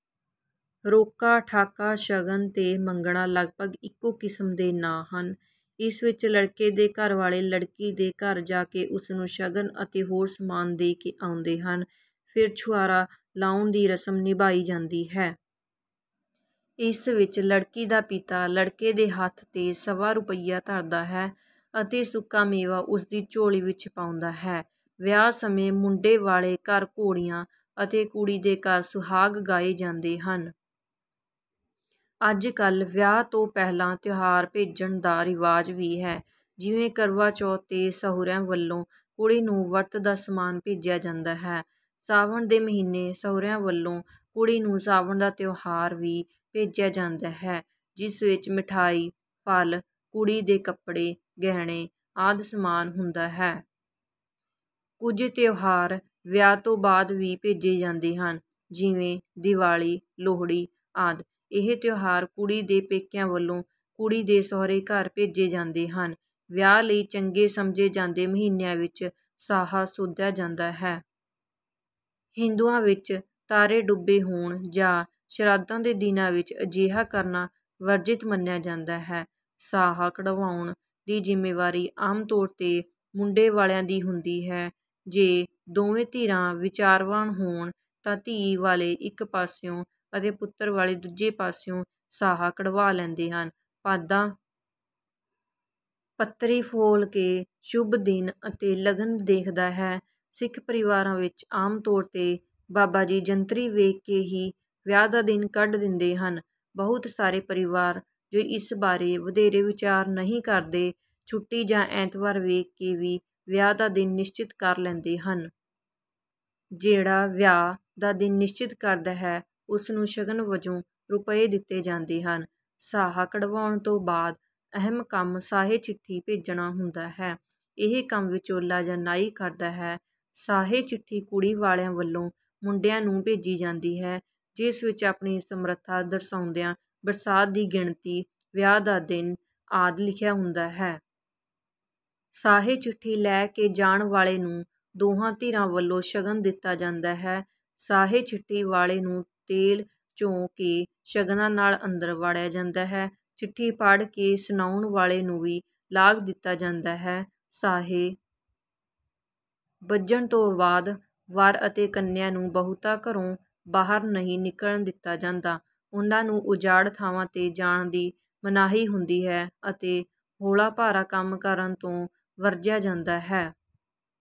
ਰੋਕਾ, ਠਾਕਾ, ਸ਼ਗਨ ਤੇ ਮੰਗਣਾ ਲਗਭਗ ਇੱਕੋ ਕਿਸਮ ਦੇ ਨਾਂ ਹਨ। ਇਸ ਵਿੱਚ ਲੜਕੇ ਦੇ ਘਰ ਵਾਲੇ ਲੜਕੀ ਦੇ ਘਰ ਜਾ ਕੇ ਉਸ ਨੂੰ ਸ਼ਗਨ ਅਤੇ ਹੋਰ ਸਮਾਨ ਦੇ ਕੇ ਆਉਂਦੇ ਹਨ। ਫਿਰ ਛੁਆਰਾ ਲਾਉਣ ਦੀ ਰਸਮ ਨਿਭਾਈ ਜਾਂਦੀ ਹੈ। ਇਸ ਵਿੱਚ ਲੜਕੀ ਦਾ ਪਿਤਾ ਲੜਕੇ ਦੇ ਹੱਥ ’ਤੇ ਸਵਾ ਰੁਪਇਆ ਧਰਦਾ ਹੈ ਅਤੇ ਸੁੱਕਾ ਮੇਵਾ ਉਸ ਦੀ ਝੋਲੀ ਵਿੱਚ ਪਾਉਂਦਾ ਹੈ। ਵਿਆਹ ਸਮੇਂ ਮੁੰਡੇ ਵਾਲੇ ਘਰ ‘ਘੋੜੀਆਂ’ ਅਤੇ ਕੁੜੀ ਦੇ ਘਰ ‘ਸੁਹਾਗ’ ਗਾਏ ਜਾਂਦੇ ਹਨ। ਅੱਜ-ਕੱਲ੍ਹ ਵਿਆਹ ਤੋਂ ਪਹਿਲਾਂ ਤਿਉਹਾਰ ਭੇਜਣ ਦਾ ਰਿਵਾਜ ਵੀ ਹੈ। ਜਿਵੇਂ ਕਰਵਾ ਚੌਥ ’ਤੇ ਸਹੁਰਿਆਂ ਵੱਲੋਂ ਕੁੜੀ ਨੂੰ ਵਰਤ ਦਾ ਸਮਾਨ ਭੇਜਿਆ ਜਾਂਦਾ ਹੈ। ਸਾਵਣ ਦੇ ਮਹੀਨੇ ਸਹੁਰਿਆਂ ਵੱਲੋਂ ਕੁੜੀ ਨੂੰ ਸਾਵਣ ਦਾ ਤਿਉਹਾਰ ਵੀ ਭੇਜਿਆ ਜਾਂਦਾ ਹੈ, ਜਿਸ ਵਿੱਚ ਮਿਠਾਈ, ਫਲ, ਕੁੜੀ ਦੇ ਕੱਪੜੇ, ਗਹਿਣੇ ਆਦਿ ਸਮਾਨ ਹੁੰਦਾ ਹੈ। ਕੁਝ ਤਿਉਹਾਰ ਵਿਆਹ ਤੋਂ ਬਾਅਦ ਵੀ ਭੇਜੇ ਜਾਂਦੇ ਹਨ, ਜਿਵੇਂ ਦਿਵਾਲੀ, ਲੋਹੜੀ ਆਦਿ। ਇਹ ਤਿਉਹਾਰ ਕੁੜੀ ਦੇ ਪੇਕਿਆਂ ਵੱਲੋਂ ਕੁੜੀ ਦੇ ਸਹੁਰੇ ਘਰ ਭੇਜੇ ਜਾਂਦੇ ਹਨ। ਵਿਆਹ ਲਈ ਚੰਗੇ ਸਮਝੇ ਜਾਂਦੇ ਮਹੀਨਿਆਂ ਵਿੱਚ ਸਾਹਾ ਸੋਧਿਆ ਜਾਂਦਾ ਹੈ। ਹਿੰਦੂਆਂ ਵਿੱਚ ਤਾਰੇ ਡੁੱਬੇ ਹੋਣ ਜਾਂ ਸ਼ਰਾਧਾਂ ਦੇ ਦਿਨਾਂ ਵਿੱਚ ਅਜਿਹਾ ਕਰਨਾ ਵਰਜਿਤ ਮੰਨਿਆ ਜਾਂਦਾ ਹੈ। ਸਾਹਾ ਕਢਵਾਉਣ ਦੀ ਜ਼ਿੰਮੇਵਾਰੀ ਆਮ ਤੌਰ ’ਤੇ ਮੁੰਡੇ ਵਾਲਿਆਂ ਦੀ ਹੁੰਦੀ ਹੈ। ਜੇ ਦੋਵੇਂ ਧਿਰਾਂ ਵਿਚਾਰਵਾਨ ਹੋਣ, ਤਾਂ ਧੀ ਵਾਲੇ ਇੱਕ ਪਾਸਿਓਂ ਅਤੇ ਪੁੱਤਰ ਵਾਲੇ ਦੂਜੇ ਪਾਸਿਓਂ ਸਾਹਾ ਕਢਵਾ ਲੈਂਦੇ ਹਨ। ਪਾਂਧਾ ਪੱਤਰੀ ਫੋਲ ਕੇ ਸ਼ੁਭ ਦਿਨ ਅਤੇ ਲਗਨ ਦੇਖਦਾ ਹੈ। ਸਿੱਖ ਪਰਿਵਾਰਾਂ ਵਿੱਚ ਆਮ ਤੌਰ ’ਤੇ ਬਾਬਾ ਜੀ ਜੰਤਰੀ ਵੇਖ ਕੇ ਹੀ ਵਿਆਹ ਦਾ ਦਿਨ ਕੱਢ ਦਿੰਦੇ ਹਨ। ਬਹੁਤ ਸਾਰੇ ਪਰਿਵਾਰ, ਜੋ ਇਸ ਬਾਰੇ ਵਧੇਰੇ ਵਿਚਾਰ ਨਹੀਂ ਕਰਦੇ, ਛੁੱਟੀ ਜਾਂ ਐਤਵਾਰ ਵੇਖ ਕੇ ਵੀ ਵਿਆਹ ਦਾ ਦਿਨ ਨਿਸ਼ਚਿਤ ਕਰ ਲੈਂਦੇ ਹਨ। ਜਿਹੜਾ ਵਿਆਹ ਦਾ ਦਿਨ ਨਿਸ਼ਚਿਤ ਕਰਦਾ ਹੈ, ਉਸ ਨੂੰ ਸ਼ਗਨ ਵਜੋਂ ਰੁਪਏ ਦਿੱਤੇ ਜਾਂਦੇ ਹਨ। ਸਾਹਾ ਕਢਵਾਉਣ ਤੋਂ ਬਾਅਦ ਅਹਿਮ ਕੰਮ ਸਾਹੇ-ਚਿੱਠੀ ਭੇਜਣਾ ਹੁੰਦਾ ਹੈ। ਇਹ ਕੰਮ ਵਿਚੋਲਾ ਜਾਂ ਨਾਈ ਕਰਦਾ ਹੈ। ਸਾਹੇ-ਚਿੱਠੀ ਕੁੜੀ ਵਾਲਿਆਂ ਵੱਲੋਂ ਮੁੰਡੇ ਵਾਲਿਆਂ ਨੂੰ ਭੇਜੀ ਜਾਂਦੀ ਹੈ, ਜਿਸ ਵਿੱਚ ਆਪਣੀ ਸਮਰੱਥਾ ਦਰਸਾਉਂਦਿਆਂ ਬਰਾਤ ਦੀ ਗਿਣਤੀ, ਵਿਆਹ ਦਾ ਦਿਨ ਆਦਿ ਲਿਖਿਆ ਹੁੰਦਾ ਹੈ। ਸਾਹੇ-ਚਿੱਠੀ ਲੈ ਕੇ ਜਾਣ ਵਾਲੇ ਨੂੰ ਦੋਹਾਂ ਧਿਰਾਂ ਵੱਲੋਂ ਸ਼ਗਨ ਦਿੱਤਾ ਜਾਂਦਾ ਹੈ। ਸਾਹੇ-ਚਿੱਠੀ ਵਾਲੇ ਨੂੰ ਤੇਲ ਚੋ ਕੇ ਸ਼ਗਨਾਂ ਨਾਲ ਅੰਦਰ ਵਾੜਿਆ ਜਾਂਦਾ ਹੈ। ਚਿੱਠੀ ਪੜ੍ਹ ਕੇ ਸੁਣਾਉਣ ਵਾਲੇ ਨੂੰ ਵੀ ਲਾਗ ਦਿੱਤਾ ਜਾਂਦਾ ਹੈ। ਸਾਹੇ ਬੱਜਣ ਤੋਂ ਬਾਅਦ ਵਰ ਅਤੇ ਕੰਨਿਆ ਨੂੰ ਬਹੁਤਾ ਘਰੋਂ ਬਾਹਰ ਨਹੀਂ ਨਿਕਲਣ ਦਿੱਤਾ ਜਾਂਦਾ। ਉਹਨਾਂ ਨੂੰ ਉਜਾੜ ਥਾਵਾਂ ’ਤੇ ਜਾਣ ਦੀ ਮਨਾਹੀ ਹੁੰਦੀ ਹੈ ਅਤੇ ਹੌਲਾ-ਭਾਰਾ ਕੰਮ ਕਰਨ ਤੋਂ ਵੀ ਵਰਜਿਆ ਜਾਂਦਾ ਹੈ।